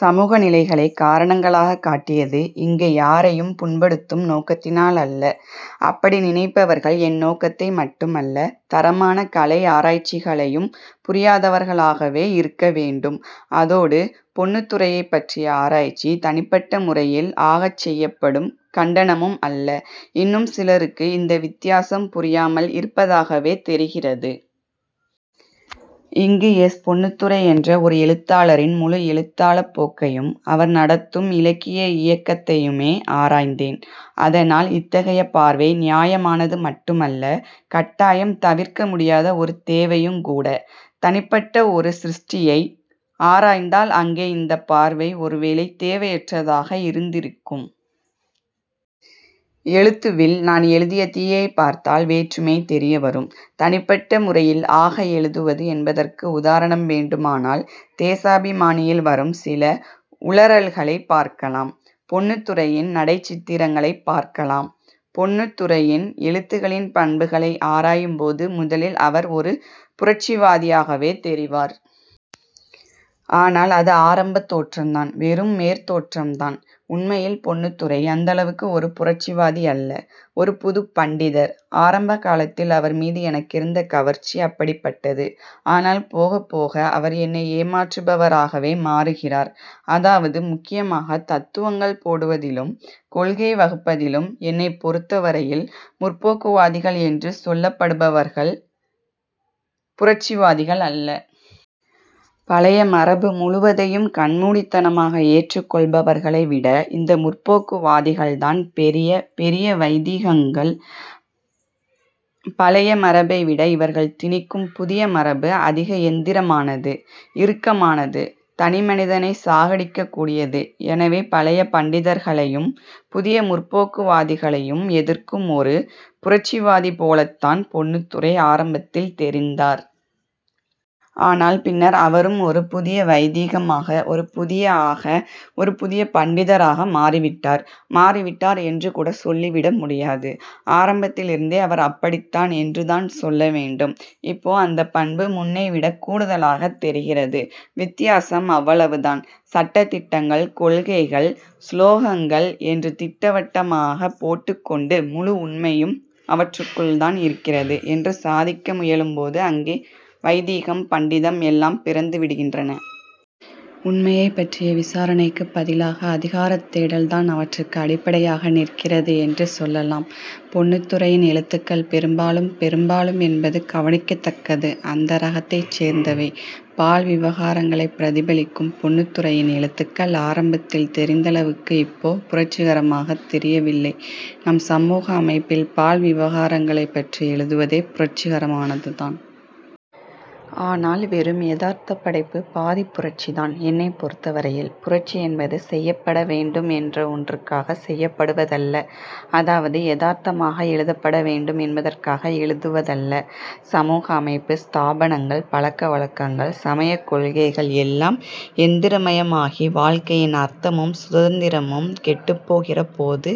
சமூக நிலைகளைக் காரணங்களாகக் காட்டியது இங்க யாரையும் புண்படுத்தும் நோக்கத்தினாலல்ல. அப்படி நினைப்பவர்கள் என் நோக்கத்தை மட்டுமல்ல, தரமான கலை ஆராய்ச்சிகளையும் புரியாதவர்களாகவே இருக்க வேண்டும். அதோடு பொன்னுத்துரையைப்பற்றிய ஆராய்ச்சி தனிப்பட்ட முறையில் ஆகச் செய்யப்படும் கண்டனமும் அல்ல. இன்னும் சிலருக்கு இந்த வித்தியாசம் புரியாமல் இருப்பதாகவே தெரிகிறது. இங்கு எஸ். பொன்னுத்துரை என்ற ஓர் எழுத்தாளாரின் முழு எழுத்தாளப் போக்கையும் அவர் நடத்தும் இலக்கிய இயக்கத்தையுமே ஆராய்ந்தேன். அதனால் இத்தகைய பார்வை நியாயமானது மட்டுமல்ல, கட்டாயம் தவிர்க்க முடியாத ஒரு தேவையுங்கூட. தனிப்பட்ட ஒரு சிருஷ்டியை ஆராய்ந்தால் அங்கே இந்தப் பார்வை ஒருவேளை தேவையற்றதாக இருந்திருக்கும். 'எழுத்து'வில் நான் எழுதிய 'தீ'யைப் பார்த்தால் வேற்றுமை தெரியவரும். தனிப்பட்ட முறையில் ஆக எழுதுவது என்பதற்கு உதாரணம் வேண்டுமானால் 'தேசாபிமானி'யில் வரும் சில உளறல்களைப் பார்க்கலாம். பொன்னுத்துரையின் நடைச் சித்திரங்களைப் பார்க்கலாம். பொன்னுத்துரையின் எழுத்துகளின் பண்புகளை ஆராயும் போது முதலில் அவர் ஒரு புரட்சிவாதியாகவே தெரிவார். ஆனால் அது ஆரம்பத் தோற்றந்தான். வெறும் மேற்தோற்றம்தான். உண்மையில் பொன்னுத்துரை அந்தளவுக்கு ஒரு புரட்சிவாதியல்ல. ஒரு புதுப் பண்டிதர். ஆரம்ப காலத்தில் அவர்மீது எனக்கிருந்த கவர்ச்சி அப்படிப்பட்டது. ஆனால் போகப் போக அவர் என்னை ஏமாற்றுபவராகவே மாறுகிறார். அதாவது, முக்கியமாகத் தத்துவங்கள் போடுவதிலும் கொள்கை வகுப்பதிலும் என்னைப் பொருத்தவரையில் 'முற்போக்கு'வாதிகள் என்று சொல்லப்படுபவர்கள் புரட்சிவாதிகள் அல்ல. பழைய மரபு முழுவதையும் கண்மூடித்தனமாக ஏற்றக்கொள்பவர்களை விட இந்த 'முற்போக்கு'வாதிகள்தான் பெரிய. பெரிய வைதீகங்கள். பழைய மரபை விட இவர்கள் திணிக்கும் புதிய மரபு அதிக யந்திரமானது. இறுக்கமானது. தனிமனிதனைச் சாகடிக்கக் கூடியது. எனவே, பழைய பண்டிதர்களையும், புதிய 'முற்போக்கு'வாதிகளையும் எதிர்க்கும் ஒரு புரட்சிவாதிபோலத்தான் பொன்னுத்துரை ஆரம்பத்தில் தெரிந்தார். ஆனால் பின்னர் அவரும் ஒரு புதிய வைதீகமாக, ஒரு புதிய ஆக, ஒரு புதிய பண்டிதராக மாறிவிட்டார். மாறிவிட்டார் என்றுகூட சொல்லிவிட முடியாது. ஆரம்பத்திலிருந்தே அவர் அப்படித்தான் என்றுதான் சொல்ல வேண்டும். இப்போ அந்தப் பண்பு முன்பை விடக் கூடுதலாகத் தெரிகிறது. வித்தியாசம் அவ்வளவுதான். சட்ட திட்டங்கள், கொள்கைகள், சுலோகங்கள் என்று திட்டவட்டமாகப் போட்டுக் கொண்டு முழு உண்மையும் அவற்றுக்குள்தான் இருக்கிறது என்று சாதிக்க முயலும்போது அங்கே, வைதீகம், பண்டிதம் எல்லாம் பிறந்துவிடுகின்றன. உண்மையைப் பற்றிய விசாரணைக்குப் பதிலாக அதிகாரத் தேடல்தான் அவற்றுக்கு அடிப்படையாக நிற்கிறது என்றுசொல்லலாம். பொன்னுத்துரையின் எழுத்துகள் பெரும்பாலும் பெரும்பாலும் என்பது கவனிக்கத்தக்கது அந்த ரகத்தைச் சேர்ந்தவை. பால் விவகாரங்களைப் பிரதிபலிக்கும் பொன்னுத்துரையின் எழுத்துகள் ஆரம்பத்தில் தெரிந்தளவுக்கு இப்போ புரட்சிகரமாகத் தெரியவில்லை. நம் சமூக அமைப்பில் பால் விவகாரங்களைப்பற்றி எழுதுவதே புரட்சிகரமானதுதான். ஆனால் வெறும் யதார்த்தப் படைப்பு பாதிப் புரட்சிதான். என்னைப் பொருத்தவரையில், புரட்சி என்பது செய்யப்பட வேண்டும் என்ற ஒன்றுக்காகச் செய்யப்படுவதல்ல. அதாவது யதார்த்தமாக எழுதப்பட வேண்டும் என்பதற்காக எழுதுவதல்ல. சமூக அமைப்பு, ஸ்தாபனங்கள், பழக்க வழக்கங்கள், சமயக் கொள்கைகள் எல்லாம் யந்திரமயமாகி வாழ்க்கையின் அர்த்தமும் சுதந்திரமும் கெட்டுப்போகிறபோது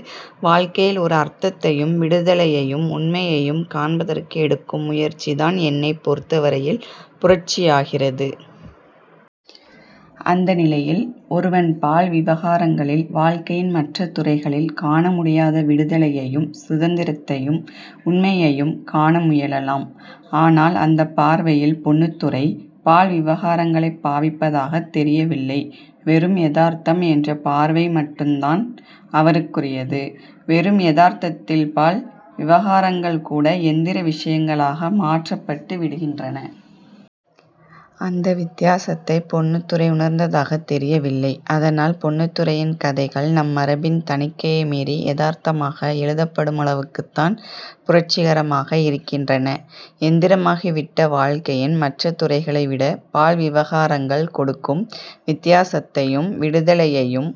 வாழ்க்கையில் ஒரு அர்த்தத்தையும் விடுதலையையும் உண்மையையும் காண்பதற்கு எடுக்கும் முயற்சிதான் என்னைப் பொருத்தவரையில் புரட்சியாகிறது. அந்த நிலையில் ஒருவன் பால் விவகாரங்களில் வாழ்க்கையின் மற்ற துறைகளில் காண முடியாத விடுதலையையும் சுதந்திரத்தையும் உண்மையையும் காண முயலலாம். ஆனால் அந்தப் பார்வையில் பொன்னுத்துரை பால் விவகாரங்களைப் பாவிப்பதாகத் தெரியவில்லை. வெறும் யதார்த்தம் என்ற பார்வை மட்டுந்தான் அவருக்குரியது. வெறும் யதார்த்தத்தில் பால் விவகாரங்கள் கூட யந்திர விசயங்களாக மாற்றப்பட்டு விடுகின்றன. அந்த வித்தியாசத்தைப் பொன்னுத்துரை உணர்ந்ததாகத் தெரியவில்லை. அதனால் பொன்னுத்துரையின் கதைகள் நம் மரபின் தணிக்கையை மீறி யதார்த்தமாக எழுதப்படுமளவுக்குத்தான் புரட்சிகரமாக இருக்கின்றன. யந்திரமாகிவிட்ட வாழ்க்கையின் மற்ற துறைகளை விட பால் விவகாரங்கள் கொடுக்கும் வித்தியாசத்தையும் விடுதலையையும்